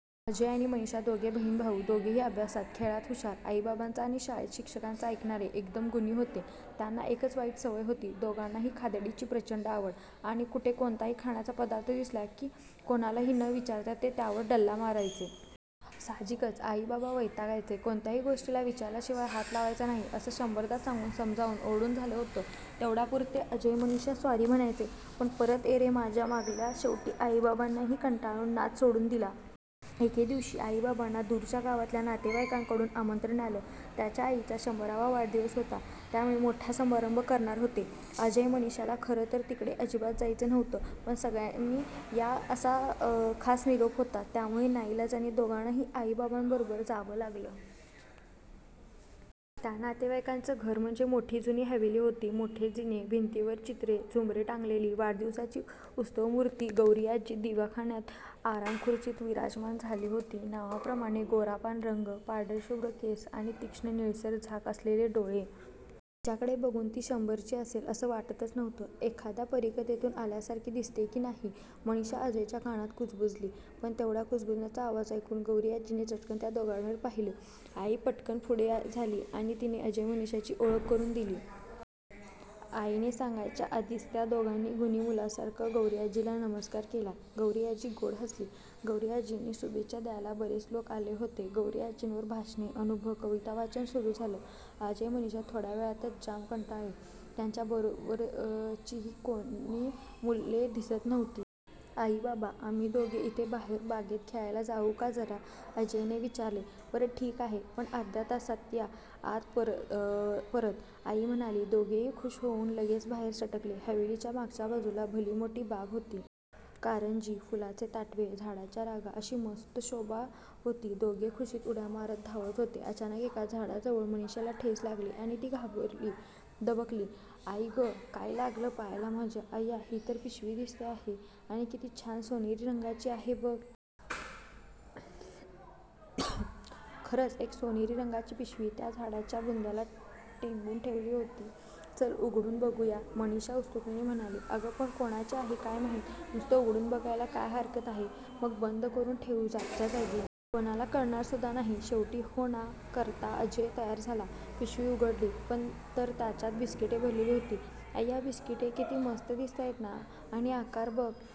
अजय आणि मनीषा दोघे बहीण भाऊ. दोघेही अभ्यासात, खेळात हुषार. आईबाबांचं आणि शाळेत शिक्षकांचं ऐकणारे, एकदम गुणी होते. त्यांना एकच वाईट सवय होती. दोघांना खादाडीची प्रचंड आवड आणि कुठे कोणताही खाण्याचा पदार्थ दिसला की कोणालाही न विचारता ते त्यावर डल्ला मारायचे. साहजिकच आई बाबा वैतागायचे. कोणत्याही गोष्टीला विचारल्याशिवाय हात लावायचा नाही असं शंभरदा सांगून, समजावून, ओरडून झालं होतं. तेवढ्यापुरते अजय मनीषा सॉरी म्हणायचे पण परत ये रे माझ्या मागल्या! शेवटी आईबाबांनीही कंटाळून नाद सोडून दिला. एके दिवशी आई बाबांना दूरच्या गावातल्या नातेवाईकांकडून आमंत्रण आलं. त्यांच्या आईचा शंभरावा वाढदिवस होता त्यामुळे मोठा समारंभ करणार होते. अजय, मनीषाला खरं तर तिकडे अजिबात जायचं नव्हतं पण सगळ्यांनी या असा खास निरोप होता त्यामुळे नाईलाजाने दोघांना आई बाबांबरोबर जावं लागलं. त्या नातेवाईकांचं घर म्हणजे मोठी जुनी हवेली होती. मोठे जिने, भिंतीवर चित्रे, झुंबरे टांगलेली. वाढदिवसाची उत्सवमूर्ती गौरीआजी दिवाणखान्यात आरामखुर्चीत विराजमान झाली होती. नावाप्रमाणे गोरापान रंग, पांढरेशुभ्र केस आणि तीक्ष्ण निळसर झाक असलेले डोळे. तिच्याकडे बघून ती शंभरीची असेल असं वाटतंच नव्हतं. "एखाद्या परीकथेतून आल्यासारखी दिसते की नाही? " मनीषा अजयच्या कानात कुजबुजली. पण तेवढ्या कुजबुजण्याचा आवाज ऐकून गौरीआजीने चटकन त्या दोघांकडे पाहिलं. आई पटकन पुढे झाली आणि तिने अजय मनीषाची ओळख करून दिली. आईने सांगायच्या आधीच त्या दोघांनी गुणी मुलांसारखा गौरीआजीला नमस्कार केला. गौरीआजी गोड हसली. गौरीआजींना शुभेच्छा द्यायला बरेच लोक आले होते. गौरीआजींवर भाषणे, अनुभव, कवितावाचन सुरु झालं. अजय मनीषा थोड्या वेळातच जाम कंटाळले. त्यांच्या बरोबरचीही कोणी मुले दिसत नव्हती. 'आई बाबा, आम्ही दोघे इथे बाहेर बागेत खेळायला जाऊ का जरा? ' अजयने विचारले. 'बरं ठीक आहे पण अर्ध्या तासात या आत परत. ' आई म्हणाली. दोघेही खूष होऊन लगेच बाहेर सटकले. हवेलीच्या मागच्या बाजूला भली मोठी बाग होती. कारंजी, फुलांचे ताटवे, झाडांच्या रांगा अशी मस्त शोभा होती. दोघे खुषीत उड्या मारत धावत होते. अचानक एका झाडाजवळ मनीषाला ठेच लागली आणि ती थबकली. आई गं, काय लागलं पायाला माझ्या. अय्या ही तर पिशवी दिसते आहे आणि किती छान सोनेरी रंगाची आहे बघ! "खरंच एक सोनेरी रंगाची पिशवी त्या झाडाच्या बुंध्याला टेकून ठेवली होती. चल उघडून बघू या" मनीषा उत्सुकतेने म्हणाली. 'अगं पण कोणाची आहे काय माहीत? 'नुसतं उघडून बघायला काय हरकत आहे? मग बंद करून ठेवू जागच्या जागी. कोणाला कळणार सुद्धा नाही! शेवटी हो ना करता अजय तयार झाला. पिशवी उघडली तर त्याच्यात बिस्किटे भरलेली होती.अय्या बिस्किटं! किती मस्त दिसतायत ना. आणि आकार बघ.